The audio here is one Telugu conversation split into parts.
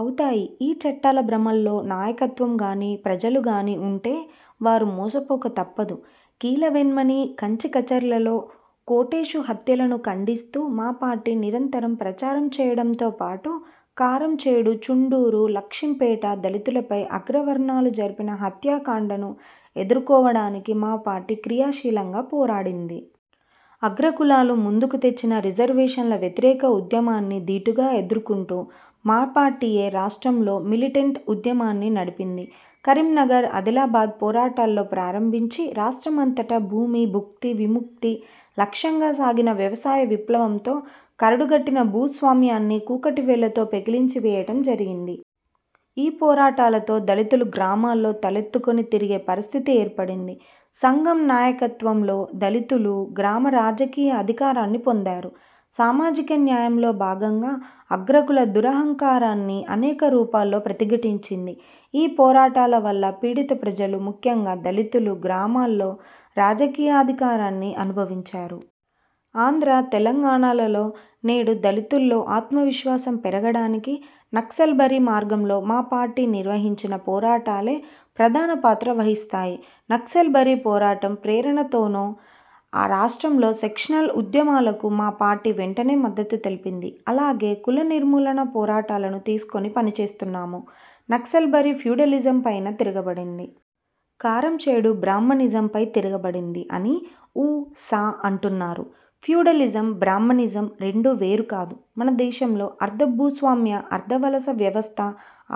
అవుతాయి, ఈ చట్టాల భ్రమల్లో నాయకత్వంగానీ, ప్రజలుగానీ ఉంటే వారు మోసకపోక తప్పదు. కీలవెన్మణి, కంచికచర్లలో కోటేశు హత్యలను ఖండిస్తూ మా పార్టీ నిరంతరం ప్రచారం చేయడంతో పాటు కారంచేడు, చుండూరు, లక్ష్మింపేట దళితులపై అగ్రవర్ణాలు జరిపిన హత్యాకాండను ఎదుర్కోవడానికి మా పార్టీ క్రియాశీలంగా పోరాడింది. అగ్రకులాలు ముందుకు తెచ్చిన రిజర్వేషన్ల వ్యతిరేక ఉద్యమాన్ని దీటుగా ఎదుర్కొంటూ మా పార్టీయే రాష్ట్రంలో మిలిటెంట్ ఉద్యమాన్ని నడిపింది. కరీంనగర్ ఆదిలాబాద్ పోరాటాల్లో ప్రారంభించి రాష్ట్రమంతటా భూమి, భుక్తి, విముక్తి లక్ష్యంగా సాగిన వ్యవసాయ విప్లవంతో కరుడుగట్టిన భూస్వామ్యాన్ని కూకటి వేళ్ళతో పెకిలించి వేయడం జరిగింది. ఈ పోరాటాలతో దళితులు గ్రామాల్లో తలెత్తుకొని తిరిగే పరిస్థితి ఏర్పడింది. సంఘం నాయకత్వంలో దళితులు గ్రామ రాజకీయ అధికారాన్ని పొందారు. సామాజిక న్యాయంలో భాగంగా అగ్రకుల దురహంకారాన్ని అనేక రూపాల్లో ప్రతిఘటించింది. ఈ పోరాటాల వల్ల పీడిత ప్రజలు ముఖ్యంగా దళితులు గ్రామాల్లో రాజకీయాధికారాన్ని అనుభవించారు. ఆంధ్ర, తెలంగాణలలో నేడు దళితుల్లో ఆత్మవిశ్వాసం పెరగడానికి నక్సల్బరీ మార్గంలో మా పార్టీ నిర్వహించిన పోరాటాలే ప్రధానపాత్ర వహిస్తాయి. నక్సల్బరీ పోరాటం ప్రేరణతోనో రాష్ట్రంలో సెక్షనల్ ఉద్యమాలకు మా పార్టీ వెంటనే మద్దతు తెలిపింది. అలాగే కుల నిర్మూలన పోరాటాలను తీసుకొని పనిచేస్తున్నాము. 'నక్సల్బరీ ఫ్యూడలిజంపైన తిరగబడింది. కారంచేడు బ్రాహ్మణిజంపై తిరగబడింది' అని ఉ. సా అంటున్నారు. ఫ్యూడలిజం, బ్రాహ్మణిజం రెండు వేరుకాదు. మన దేశంలో అర్ధ భూస్వామ్య, అర్ధ వలస వ్యవస్థ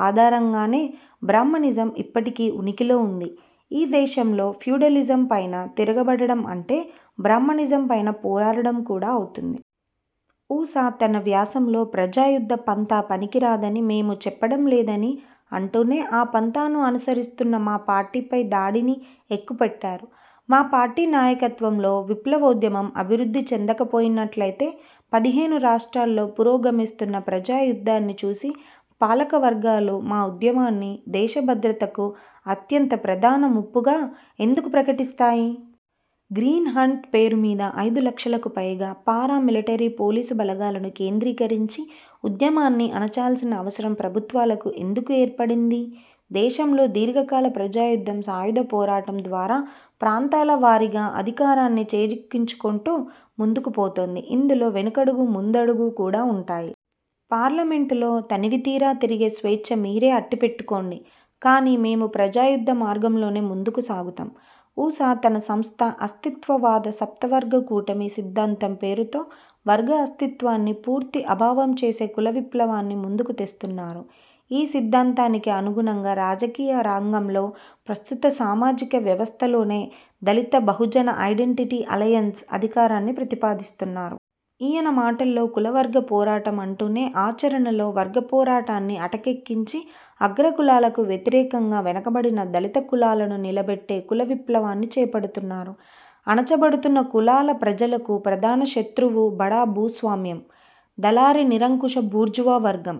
ఆధారంగానే బ్రాహ్మణిజం ఇప్పటికీ ఉనికిలో ఉంది. ఈ దేశంలో ఫ్యూడలిజం పైన తిరగబడటం అంటే బ్రాహ్మణిజంపైన పోరాడడం కూడా అవుతుంది. ఉ. సా తన వ్యాసంలో 'ప్రజాయుద్ధ పంథా పనికిరాదని మేము చెప్పడంలేదని' అంటూనే ఆ పంథాను అనుసరిస్తున్న మా పార్టీపై దాడిని ఎక్కుపెట్టారు. మాపార్టీ నాయకత్వంలో విప్లవోద్యమం అభివృద్ధి చెందకపోయినట్లయితే, పదిహేను రాష్ట్రాల్లో పురోగమిస్తున్న ప్రజాయుద్ధాన్ని చూసి పాలకవర్గాలు మా ఉద్యమాన్ని 'దేశ భద్రతకు అత్యంత ప్రధాన ముప్పుగా' ఎందుకు ప్రకటిస్తాయి? గ్రీన్హంట్ పేరు మీద ఐదు లక్షలకు పైగా పారా మిలిటరీ, పోలీసు బలగాలను కేంద్రీకరించి ఉద్యమాన్ని అణచాల్సిన అవసరం ప్రభుత్వాలకు ఎందుకు ఏర్పడింది? దేశంలో దీర్ఘకాల ప్రజాయుద్ధం సాయుధ పోరాటం ద్వారా ప్రాంతాల వారీగా అధికారాన్ని చేజిక్కించుకొంటూ ముందుకుపోతుంది. ఇందులో వెనకడుగు ముందడుగు కూడా ఉంటాయి. పార్లమెంటులో తనివితీరా తిరిగే స్వేచ్ఛ మీరే అట్టిపెట్టుకోండి, కానీ మేము ప్రజాయుద్ధ మార్గంలోనే ముందుకు సాగుతాం. ఉ. సా తన సంస్థ 'అస్తిత్వవాద సప్తవర్గ కూటమి' సిద్ధాంతం పేరుతో వర్గ అస్తిత్వాన్ని పూర్తి అభావం చేసే కుల విప్లవాన్ని ముందుకు తెస్తున్నారు. ఈ సిద్ధాంతానికి అనుగుణంగా రాజకీయ రంగంలో ప్రస్తుత సామాజిక వ్యవస్థలోనే 'దళిత బహుజన ఐడెంటిటీ అలయెన్స్' అధికారాన్ని ప్రతిపాదిస్తున్నారు. ఈయన మాటల్లో కుల వర్గ పోరాటం అంటూనే ఆచరణలో వర్గపోరాటాన్ని అటకెక్కించి అగ్రకులాలకు వ్యతిరేకంగా వెనకబడిన, దళిత కులాలను నిలబెట్టే కుల విప్లవాన్ని చేపడుతున్నారు. అణచబడుతున్న కులాల ప్రజలకు ప్రధాన శత్రువు బడా భూస్వామ్యం, దళారీ నిరంకుశ బూర్జువా వర్గం,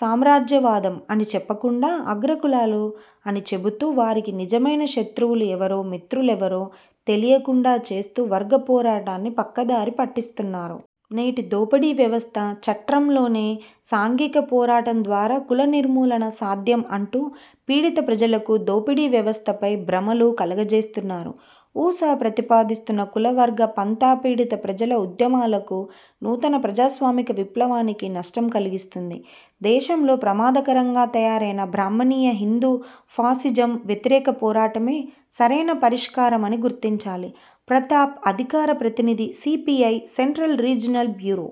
సామ్రాజ్యవాదం అని చెప్పకుండా, అగ్రకులాలు అని చెబుతూ వారికి నిజమైన శత్రువులు ఎవరో, మిత్రులెవరో తెలియకుండా చేస్తూ వర్గ పోరాటాన్ని పక్కదారి పట్టిస్తున్నారు. నేటి దోపిడీ వ్యవస్థ చట్రంలోనే సాంఘిక పోరాటం ద్వారా కుల నిర్మూలన సాధ్యం అంటూ పీడిత ప్రజలకు దోపిడీ వ్యవస్థపై భ్రమలు కలుగజేస్తున్నారు. ఉ. సా ప్రతిపాదిస్తున్న కుల వర్గ పంథా పీడిత ప్రజల ఉద్యమాలకు, నూతన ప్రజాస్వామిక విప్లవానికి నష్టం కలిగిస్తుంది. దేశంలో ప్రమాదకరంగా తయారైన బ్రాహ్మణీయ హిందూ ఫాసిజం వ్యతిరేక పోరాటమే సరైన పరిష్కారమని గుర్తించాలి. ప్రతాప్ అధికార ప్రతినిధి, సీపీఐ, సెంట్రల్ రీజినల్ బ్యూరో